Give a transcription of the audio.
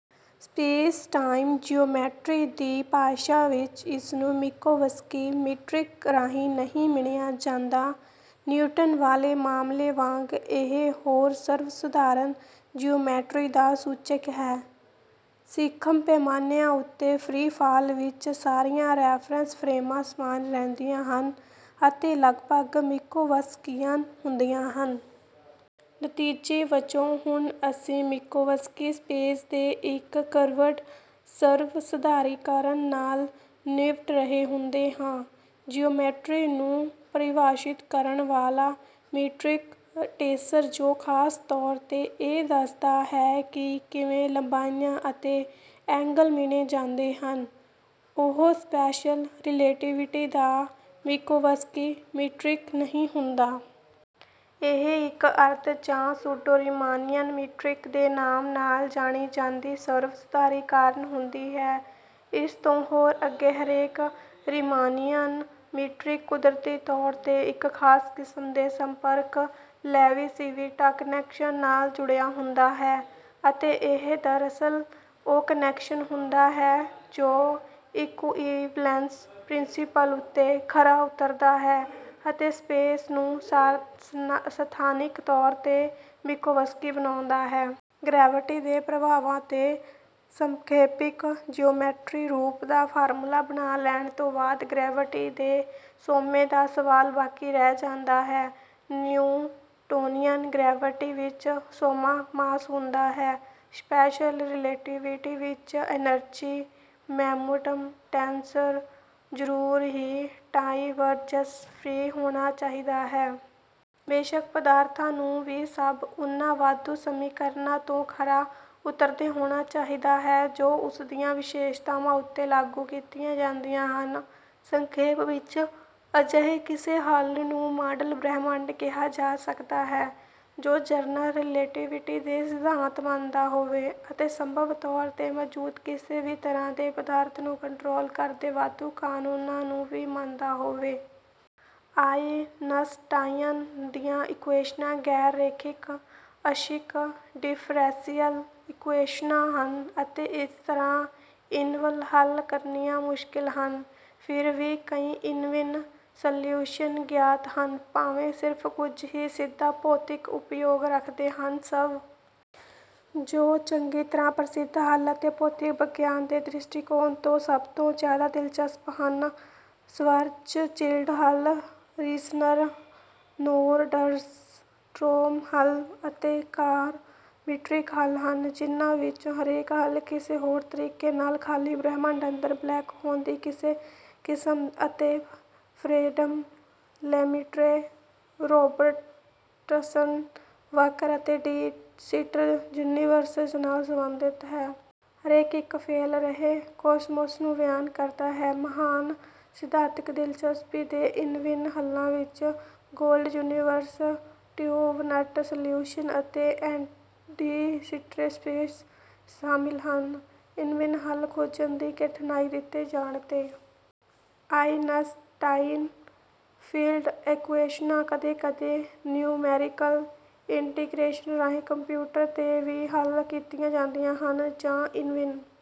Space-time geometry ਦੀ ਭਾਸ਼ਾ ਵਿੱਚ ਇਸਨੂੰ ਮਿੰਕੋਵਸਕੀ ਮੀਟ੍ਰਿਕ ਰਾਹੀਂ ਨਹੀਂ ਮਿਣਿਆ ਜਾਂਦਾ। ਨਿਊਟਨ ਵਾਲੇ ਮਾਮਲੇ ਵਾਂਗ ਇਹ ਹੋਰ ਸਰਵ ਸਧਾਰਨ ਜੀਓਮੈਟਰੀ ਦਾ ਸੂਚਕ ਹੈ। ਸੀਖਮ ਪੈਮਾਨਿਆਂ ਉੱਤੇ ਫਰੀ ਫਾਲ ਵਿੱਚ ਸਾਰੀਆਂ ਰੈਫਰੈਂਸ ਫਰੇਮਾਂ ਸਮਾਨ ਰਹਿੰਦੀਆਂ ਹਨ ਅਤੇ ਲਗਭਗ ਮਿੰਕੋਵਸਕਿਅਨ ਹੁੰਦੀਆਂ ਹਨ। ਨਤੀਜੇ ਵਜੋਂ ਹੁਣ ਅਸੀਂ ਮਿੰਕੋਵਸਕੀ ਸਪੇਸ ਦੇ ਇੱਕ ਕਰਵਡ ਸਰਵਸਧਾਰੀਕਰਨ ਨਾਲ ਨਿਬਟ ਰਹੇ ਹੁੰਦੇ ਹਾਂ। ਜਿਓਮੈਟਰੀ ਨੂੰ ਪਰਿਭਾਸ਼ਿਤ ਕਰਨ ਵਾਲਾ ਮੀਟ੍ਰਿਕ ਟੈਂਸਰ ਜੋ ਖਾਸ ਤੌਰ 'ਤੇ ਇਹ ਦੱਸਦਾ ਹੈ ਕਿ ਕਿਵੇਂ ਲੰਬਾਈਆਂ ਅਤੇ ਐਂਗਲ ਮਿਣੇ ਜਾਂਦੇ ਹਨ, ਉਹ ਸਪੈਸ਼ਲ ਰਿਲੈਟੀਵਿਟੀ ਦਾ ਮਿੰਕੋਵਸਕੀ ਮੀਟ੍ਰਿਕ ਨਹੀਂ ਹੁੰਦਾ। ਇਹ ਇੱਕ ਅਰਧ ਜਾਂ ਸੂਡੋਰੀਮਾਨੀਅਨ ਮੀਟ੍ਰਿਕ ਦੇ ਨਾਮ ਨਾਲ ਜਾਣੀ ਜਾਂਦੀ ਸਰਵਸਧਾਰੀਕਰਨ ਹੁੰਦੀ ਹੈ। ਇਸ ਤੋਂ ਹੋਰ ਅੱਗੇ ਹਰੇਕ ਰੀਮਾਨੀਅਨ ਮੀਟ੍ਰਿਕ ਕੁਦਰਤੀ ਤੌਰ 'ਤੇ ਇੱਕ ਖਾਸ ਕਿਸਮ ਦੇ ਸੰਪਰਕ ਲੇਵੀਸਿਵਿਟਾ ਕਨੈਕਸ਼ਨ ਨਾਲ ਜੁੜਿਆ ਹੁੰਦਾ ਹੈ ਅਤੇ ਇਹ ਦਰਅਸਲ ਉਹ ਕਨੈਕਸ਼ਨ ਹੁੰਦਾ ਹੈ ਜੋ ਇਕੁਈਵੇਲੈਂਸ ਪ੍ਰਿੰਸੀਪਲ ਉੱਤੇ ਖਰਾ ਉਤਰਦਾ ਹੈ ਅਤੇ ਸਪੇਸ ਨੂੰ ਸਥਾਨਿਕ ਤੌਰ 'ਤੇ ਮਿੰਕੋਵਸਕੀ ਬਣਾਉਂਦਾ ਹੈ। ਗਰੈਵਿਟੀ ਦੇ ਪ੍ਰਭਾਵਾਂ ਦੇ ਸਾਪੇਖਿਕ ਜੀਓਮੈਟਰੀ ਰੂਪ ਦਾ ਫਾਰਮੂਲਾ ਬਣਾ ਲੈਣ ਤੋਂ ਬਾਅਦ ਗਰੈਵਿਟੀ ਦੇ ਸੋਮੇ ਦਾ ਸਵਾਲ ਬਾਕੀ ਰਹਿ ਜਾਂਦਾ ਹੈ। ਨਿਊਟੋਨੀਅਨ ਗਰੈਵਿਟੀ ਵਿੱਚ ਸੋਮਾ ਮਾਸ ਹੁੰਦਾ ਹੈ। ਸਪੈਸ਼ਲ ਰਿਲੇਟੀਵਿਟੀ ਵਿੱਚ ਐਨਰਜੀ-ਮੋਮੈਂਟਮ ਟੈਂਸਰ ਜ਼ਰੂਰ ਹੀ ਡਾਇਵਰਜੰਸ-ਫਰੀ ਹੋਣਾ ਚਾਹੀਦਾ ਹੈ। ਬੇਸ਼ੱਕ ਪਦਾਰਥ ਨੂੰ ਵੀ ਸਭ ਉਹਨਾਂ ਵਾਧੂ ਸਮੀਕਰਨਾਂ 'ਤੇ ਖਰਾ ਉਤਰਦੇ ਹੋਣਾ ਚਾਹੀਦਾ ਹੈ ਜੋ ਉਸਦੀਆਂ ਵਿਸ਼ੇਸ਼ਤਾਵਾਂ ਉੱਤੇ ਲਾਗੂ ਕੀਤੀਆਂ ਜਾਂਦੀਆਂ ਹਨ। ਸੰਖੇਪ ਵਿੱਚ ਅਜਿਹੇ ਕਿਸੇ ਹੱਲ ਨੂੰ ਮਾਡਲ ਬ੍ਰਹਿਮੰਡ ਕਿਹਾ ਜਾ ਸਕਦਾ ਹੈ ਜੋ ਜਨਰਲ ਰਿਲੇਟੀਵਿਟੀ ਦੇ ਸਿਧਾਂਤ ਮੰਨਦਾ ਹੋਵੇ ਅਤੇ ਸੰਭਵ ਤੌਰ 'ਤੇ ਮੌਜੂਦ ਕਿਸੇ ਵੀ ਤਰ੍ਹਾਂ ਦੇ ਪਦਾਰਥ ਨੂੰ ਕੰਟਰੋਲ ਕਰਦੇ ਵਾਧੂ ਕਨੂੰਨਾਂ ਨੂੰ ਵੀ ਮੰਨਦਾ ਹੋਵੇ। ਆਈਨਸਟਾਈਨ ਦੀਆਂ ਇਕੁਏਸ਼ਨਾਂ ਗੈਰ-ਰੇਖਿਕ ਅੰਸ਼ਿਕ ਡਿੱਫਰੈਂਸ਼ੀਅਲ ਇਕੁਏਸ਼ਨਾਂ ਹਨ ਅਤੇ ਇਸ ਤਰ੍ਹਾਂ ਇੰਨਬਿੰਨ ਹੱਲ ਕਰਨੀਆਂ ਮੁਸ਼ਕਲ ਹਨ। ਫਿਰ ਵੀ ਕਈ ਇੰਨਬਿੰਨ ਸਲਿਊਸ਼ਨ ਗਿਆਤ ਹਨ ਭਾਵੇਂ ਸਿਰਫ ਕੁੱਝ ਹੀ ਸਿੱਧਾ ਭੌਤਿਕੀ ਉਪਯੋਗ ਰੱਖਦੇ ਹਨ। ਸਭ ਤੋਂ ਚੰਗੀ ਤਰ੍ਹਾਂ ਪ੍ਰਸਿੱਧ ਹੱਲ ਅਤੇ ਭੌਤਿਕ ਵਿਗਿਆਨ ਦੇ ਦ੍ਰਿਸ਼ਟੀਕੋਣ ਤੋਂ ਸਭ ਤੋਂ ਜਿਆਦਾ ਦਿਲਚਸਪ ਹੱਲ ਸ਼ਵਾਰਜ਼ਚਿਲਡ ਹੱਲ, ਰੀਸ਼ਨਰ-ਨੌਰਡਸਟਰੌਮ ਹੱਲ ਅਤੇ ਕੱਰ ਮੀਟ੍ਰਿਕ ਹੱਲ ਹਨ ਜਿਹਨਾਂ ਵਿੱਚੋਂ ਹਰੇਕ ਹੱਲ ਕਿਸੇ ਹੋਰ ਤਰੀਕੇ ਨਾਲ ਖਾਲੀ ਬ੍ਰਹਿਮੰਡ ਅੰਦਰ ਬਲੈਕ ਹੋਲ ਦੀ ਕਿਸੇ ਕਿਸਮ ਅਤੇ ਫਰੇਡਮਨ-ਲੇਮਿਟਰੇ-ਰੌਬਰਸਟਨ-ਵਾਕਰ ਅਤੇ ਡਿ ਸਿੱਟਰ ਯੂਨੀਵਰਸਜ਼ ਨਾਲ ਸਬੰਧਿਤ ਹੈ। ਹਰੇਕ ਇੱਕ ਫੈਲ ਰਹੇ ਕੌਸਮੌਸ ਨੂੰ ਬਿਆਨ ਕਰਦਾ ਹੈ। ਮਹਾਨ ਸਿਧਾਂਤਕ ਦਿਲਚਸਪੀ ਦੇ ਇੰਨਬਿੰਨ ਹੱਲਾਂ ਵਿੱਚ ਗੋਡਲ ਯੂਨੀਵਰਸ, ਟਾਓਬ-ਨੱਟ ਸਲਿਊਸ਼ਨ ਅਤੇ ਐਂਟੀ-ਡੀ-ਸਿੱਟਰੇ ਸਪੇਸ ਸ਼ਾਮਿਲ ਹਨ। ਇੰਨਬਿੰਨ ਹੱਲ ਖੋਜਣ ਦੀ ਕਠਿਨਾਈ ਦਿੱਤੇ ਜਾਣ 'ਤੇ ਆਈਨਸਟਾਈਨ ਫੀਲਡ ਇਕੁਏਸ਼ਨਾਂ ਕਦੇ-ਕਦੇ ਨਿਉਮੈਰੀਕਲ ਇੰਟੀਗਰੇਸ਼ਨ ਰਾਹੀਂ ਕੰਪਿਊਟਰ 'ਤੇ ਵੀ ਹੱਲ ਕੀਤੀਆਂ ਜਾਂਦੀਆਂ ਹਨ ਜਾਂ ਇੰਨਬਿੰਨ